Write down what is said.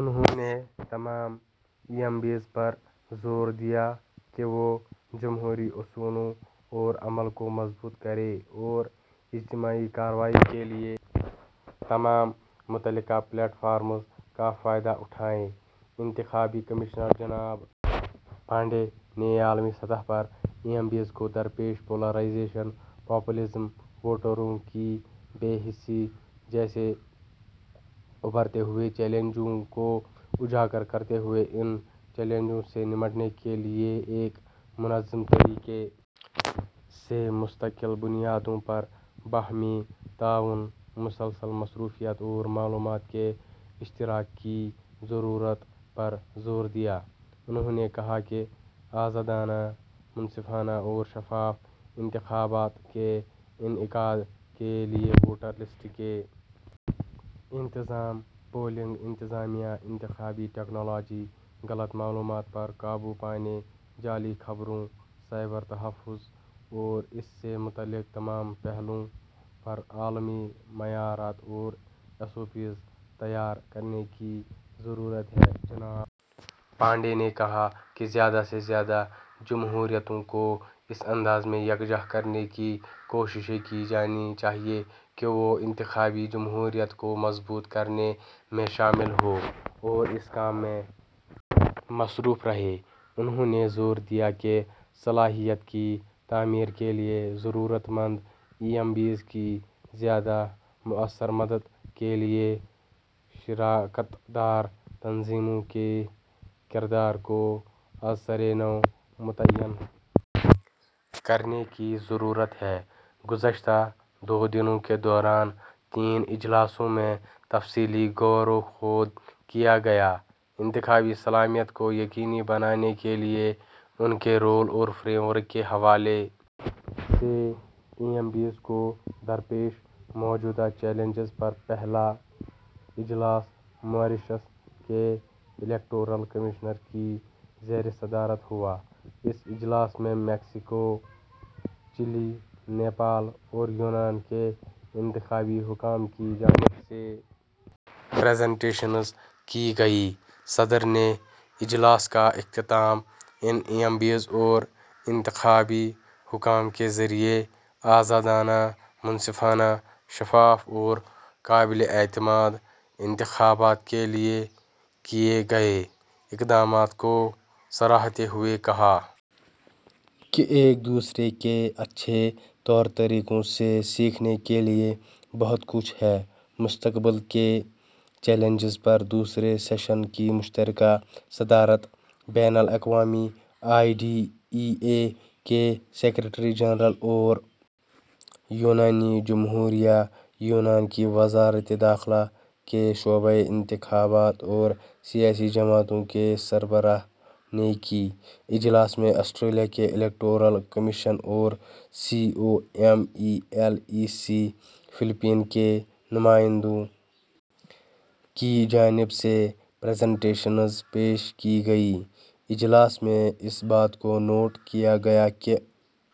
انہوں نے تمام ای ایم بیز پر زور دیا کہ وہ جمہوری اصولوں اور عمل کو مضبوط کریں اور اجتماعی کارروائی کے لیے تمام متعلقہ پلیٹ فارمز کا فائدہ اٹھائیں انتخابی کمشنر جناب پانڈے نے عالمی سطح پر ای ایم بیز کو درپیش پولرائزیشن پاپولزم ووٹروں کی بے حسی جیسے ابھرتے ہوئے چیلنجوں کو اجاگر کرتے ہوئے ان چیلنجوں سے نمٹنے کے لیے ایک منظم طریقے سے مستقل بنیادوں پر باہمی تعاون مسلسل مصروفیت اور معلومات کے اشتراک کی ضرورت پر زور دیا انہوں نے کہا کہ آزادانہ منصفانہ اور شفاف انتخابات کے انعقاد کے لیے ووٹر لسٹ کے انتظام پولنگ انتظامیہ انتخابی ٹیکنالوجی غلط معلومات پر قابو پانے جعلی خبروں سائبر تحفظ اور اس سے متعلقہ تمام پہلوؤں پر عالمی معیارات اور ایس او پیز تیار کرنے کی ضرورت ہے جناب پانڈے نے کہا کہ زیادہ سے زیادہ جمہوریتوں کو اس انداز میں یکجا کرنے کی کوششیں کی جانی چاہئیں کہ وہ انتخابی جمہوریت کو مضبوط کرنے میں شامل ہوں اور اس کام میں مصروف رہیں انہوں نے زور دیا کہ صلاحیت کی تعمیر کے لیے ضرورت مند ای ایم بیز کی زیادہ موثر مدد کے لیے شراکت دار تنظیموں کے کردار کو از سر نو متعین کرنے کی ضرورت ہے گزشتہ دو دنوں کے دوران تین اجلاسوں میں تفصیلی غور و خوض کیا گیا انتخابی سالمیت کو یقینی بنانے کے لیے ان کے رول اور فریم ورک کے حوالے سے ای ایم بیز کو درپیش موجودہ چیلنجز پر پہلا اجلاس ماریشس کے الیکٹورل کمشنر کی زیر صدارت ہوا اس اجلاس میں میکسیکو چلی نیپال اور یونان کے انتخابی حکام کی جانب سے پریزنٹیشنز کی گئیں صدر نے اجلاس کا اختتام ان ای ایم بیز اور انتخابی حکام کے ذریعے آزادانہ منصفانہ شفاف اور قابل اعتماد انتخابات کے لیے کیے گئے اقدامات کو سراہتے ہوئے کہا کہ ایک دوسرے کے اچھے طور طریقوں سے سیکھنے کے لیے بہت کچھ ہے مستقبل کے چیلنجز پر دوسرے سیشن کی مشترکہ صدارت بین الاقوامی آئی ڈی ای اے کے سیکرٹری جنرل اور یونانی جمہوریہ یونان کی وزارت داخلہ کے شعبہ انتخابات اور سیاسی جماعتوں کے سربراہ نے کی اجلاس میں آسٹریلیا کے الیکٹورل کمیشن اور C O M E L E C Philippines کے نمائندوں کی جانب سے پریزنٹیشنز پیش کی گئیں اجلاس میں اس بات کو نوٹ کیا گیا کہ